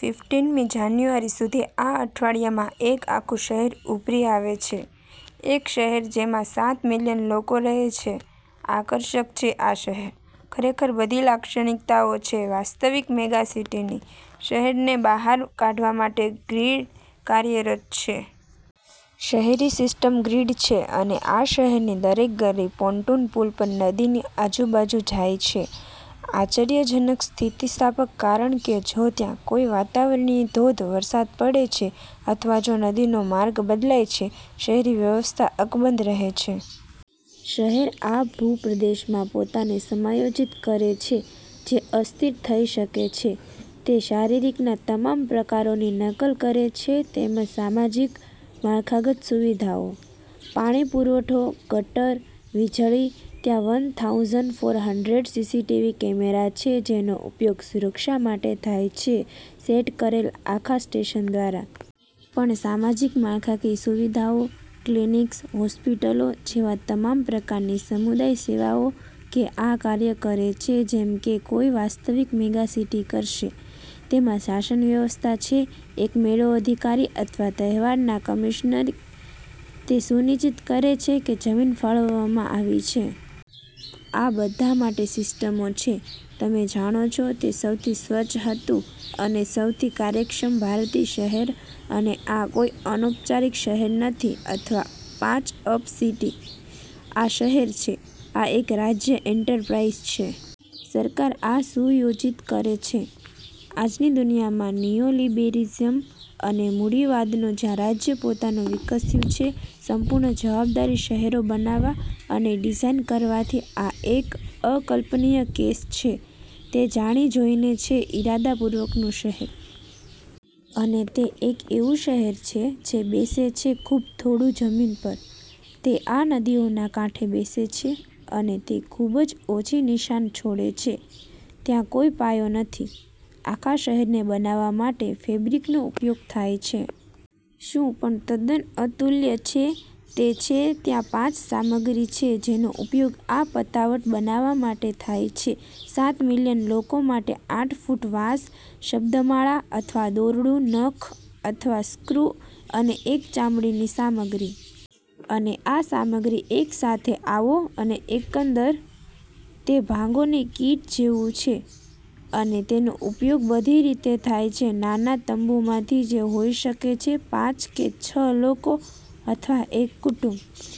ફિફટિનમી જાન્યુઆરી સુધી આ અઠવાડિયામાં એક આખું શહેર ઉભરી આવે છે. એક શહેર જેમાં સાત મિલિયન લોકો રહે છે. આકર્ષક છે આ શહેર. ખરેખર બધી લાક્ષણિકતાઓ છે વાસ્તવિક મેગાસિટીની. શહેરને બહાર કાઢવા માટે ગ્રીડ કાર્યરત છે. શહેરી સિસ્ટમ ગ્રીડ છે અને આ શહેરની દરેક ગલી પોન્ટૂન પુલ પર નદીની આજુબાજુ જાય છે. આશ્ચર્યજનક સ્થિતિસ્થાપક કારણ કે જો ત્યાં કોઈ વાતાવરણીય ધોધમાર વરસાદ પડે છે અથવા જો નદીનો માર્ગ બદલાય છે, શહેરી વ્યવસ્થા અકબંધ રહે છે. શહેર આ ભૂપ્રદેશમાં પોતાને સમાયોજિત કરે છે જે અસ્થિર થઈ શકે છે. તે શારીરિકના તમામ પ્રકારોની નકલ કરે છે તેમજ સામાજિક, માળખાગત સુવિધાઓ. પાણી પુરવઠો, ગટર, વીજળી, ત્યાં one thousand four hundred CCTV camera છે જેનો ઉપયોગ સુરક્ષા માટે થાય છે સેટ કરેલ આખા સ્ટેશન દ્વારા. પણ સામાજિક માળખાકીય સુવિધાઓ, ક્લિનિક્સ, હોસ્પિટલો જેવા તમામ પ્રકારની સમુદાય સેવાઓ કે આ કાર્ય કરે છે જેમ કે કોઈ વાસ્તવિક મેગાસિટી કરશે. તેમાં શાસન વ્યવસ્થા છે, એક મેળો અધિકારી, અથવા તહેવારના કમિશનર. તે સુનિશ્ચિત કરે છે કે જમીન ફાળવવામાં આવી છે. આ બધા માટે સિસ્ટમો છે. તમે જાણો છો તે સૌથી સ્વચ્છ હતું અને સૌથી કાર્યક્ષમ ભારતીય શહેર અને આ કોઈ અનૌપચારિક શહેર નથી અથવા પ-અપ સિટી. આ શહેર છે. આ એક રાજ્ય એન્ટરપ્રાઇઝ છે. સરકાર આ સુયોજિત કરે છે. આજની દુનિયામાં નિયોલિબેરલિઝમ અને મૂડીવાદનો જ્યાં રાજ્ય પોતાનું વિકસ્યું છે સંપૂર્ણ જવાબદારી શહેરો બનાવવા અને ડિઝાઇન કરવાથી, આ એક અકલ્પનીય કેસ છે. તે જાણી જોઈને છે ઇરાદાપૂર્વકનું શહેર. અને તે એક એવું શહેર છે જે બેસે છે ખૂબ થોડું જમીન પર. તે આ નદીઓના કાંઠે બેસે છે અને તે ખૂબ જ ઓછી નિશાન છોડે છે. ત્યાં કોઈ પાયો નથી. આખા શહેરને બનાવવા માટે ફેબ્રિકનો ઉપયોગ થાય છે. શું પણ તદ્દન અતુલ્ય છે તે છે કે ત્યાં પાંચ સામગ્રી છે જેનો ઉપયોગ આ પતાવટ બનાવવા માટે થાય છે સાત મિલિયન લોકો માટે આઠ ફૂટ વાંસ, શબ્દમાળા અથવા દોરડું, નખ અથવા સ્ક્રૂ અને એક ચામડીની સામગ્રી. અને આ સામગ્રી એક સાથે આવો અને એકંદર. તે ભાગોની કીટ જેવું છે. અને તેનો ઉપયોગ બધી રીતે થાય છે નાના તંબુમાંથી જે હોઈ શકે છે પાંચ કે છ લોકો, અથવા એક કુટુંબ.